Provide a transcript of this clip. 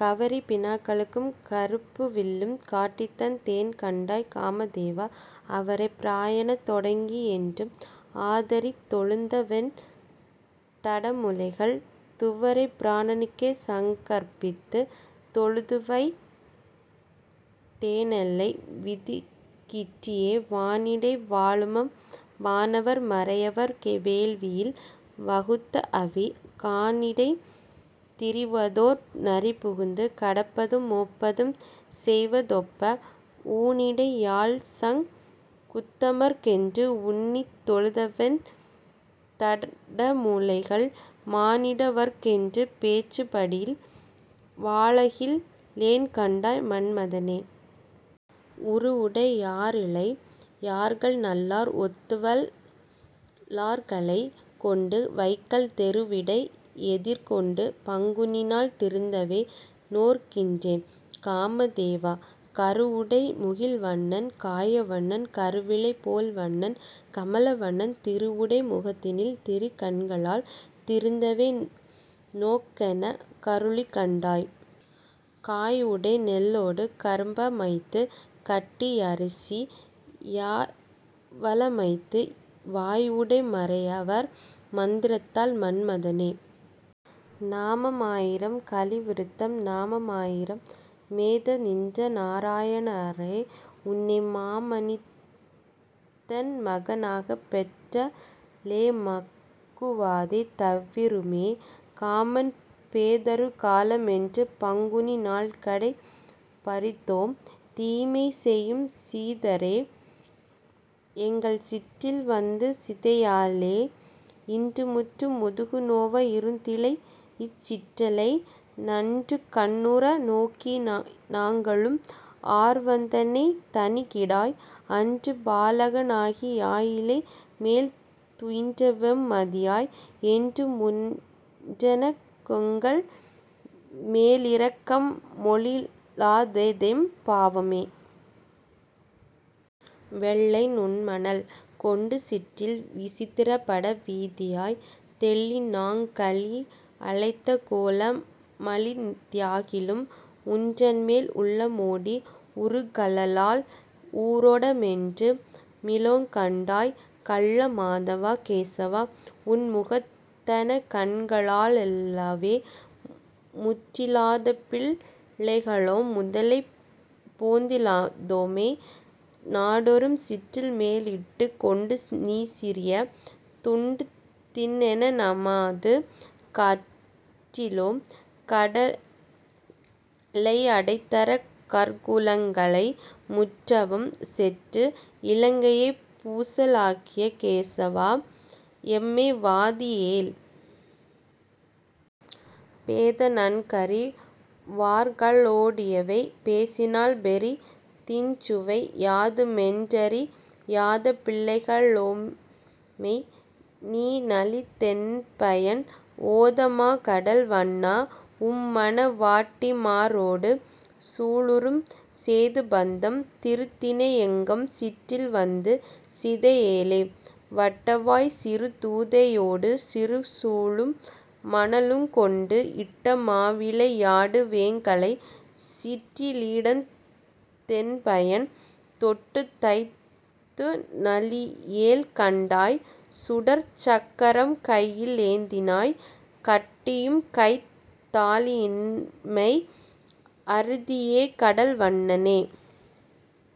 கவரிப் பிணாக்களும் கருப்புவில்லும் காட்டித்தந் தேன்கண்டாய் காமதேவா, அவரைப் பிராயந் தொடங்கிஎன்றும் ஆதரித் தெழுந்தவென் தடமுலைகள், துவரைப் பிரானுக்கே சங்கற்பித்துத் தொழுதுவைத் தேனொல்லை விதிக்கிற்றியே. வானிடை வாழுமவ் வானவர்க்கு மறையவர் வேள்வியில் வகுத்தஅவி, கானிடைத் திரிவதோர் நரிபுகுந்து கடப்பதும் மோப்பதும் செய்வதொப்ப, ஊனிடை யாழிசங் குத்தமர்க்கென்று உன்னித் தெழுந்தவென் தடமுலைகள், மானிட வர்க்கென்று பேச்சுப்படில் வாழகில் லேன்கண்டாய் மன்மதனே. உருவுடை யாரிளை யார்கள்நல்லார் ஓத்துவல் லார்களைக் கொண்டு, வைகல் தெருவிடை யெதிர்கொண்டு பங்குனிநாள் திருந்தவே நோற்கின்றேன் காமதேவா, கருவுடை முகில்வண்ணன் காயாவண்ணன் கருவிளை போல்வண்ணன், கமலவண்ணத் திருவுடை முகத்தினில் திருக்கண்களால் திருந்தவே நோக்கெனக் கருளுகண்டய். காயுடை நெல்லொடு கரும்பமைத்துக் கட்டி யரிசி யவலமைத்து, வாயுடை மறையவர் மந்திரத்தால் மன்மத னே. நாமமாயிரம் கலி விருத்தம் நாமமாயிர மேத்தநின்ற நாராயணாநர னே, உன்னை மாமிதன்மக னாகப்பெற்றா லெமக்குவாதை தவிருமே, காமன்போதரு காலமென்றுபங் குனிநாள்கடை பாரித்தோம், தீமைசெய்யும் சிரீதரா. எங்கள் சிற்றில்வந்து சிதையேலே. இன்றுமுற்றும் முதுகுநோவ இருந்திழைத்தஇச் சிற்றிலை, நன்றும்கண்ணுற நோக்கிநாங்கொளும் ஆர்வந்தன்னைத் தணிகிடாய், அன்றுபாலக னாகியாலிலை மேல்துயின்றவெம் மாதியாய், என்றுமுன்றனக் கெங்கள்மேலிரக் கம்மெழாததெம் பாவமே. வெள்ளைநுண்மணல் கொண்டுசிற்றில் விசித்திரப்பட, வீதிவாய்த் தெள்ளிநாங்களி ழைத்தகோல மழித்தியாகிலும், உன்றன்மேல் உள்ளமோடி யுருகலல்லால் உரோடமொன்று மிலோங்கண்டாய், கள்ளமாதவா. கேசவா. உன் முகத்தனகண்க ளல்லவே. முற்றிலாதபிள் ளைகளோம்முலை போந்திலாதோமை, நாடொறும் சிற்றில்மேலிட்டுக் கொண்டுநீசிறி துண்டுதிண்ணென நாமது கற்றிலோம், கட லையடைத்தரக்- கர்குலங்களை முற்றவும் செற்று, இலங்கையைப் பூசலாக்கிய சேவகா. எம்மை வாதியேல். பேதநன்கறி வார்களோடிவை பேசினால்பெரி திஞ்சுவை, யாதுமொன்றறி யாதபிள்ளைக ளோமைநீநலிந் தென்பயன், ஓதமாகடல் வண்ணா. உன்மண வாட்டிமாரொடு சூழறும், சேதுபந்தம் திருத்தினாயெங்கள் சிற்றில்வந்து சிதையேலே. வட்டவாய்ச்சிறு தூதையோடு சிறுசுளகும்மண லுங்கொண்டு, இட்டமாவிளை யாடுவோங்களைச் சிற்றிலீடழித் தென்பயன், தொட்டுதைத்துநலி யேல்கண்டாய்சுடர்ச் சக்கரம்கையி லேந்தினாய், கட்டியும்கைத் தாலின்னாமை அறிதியேகடல் வண்ணனே.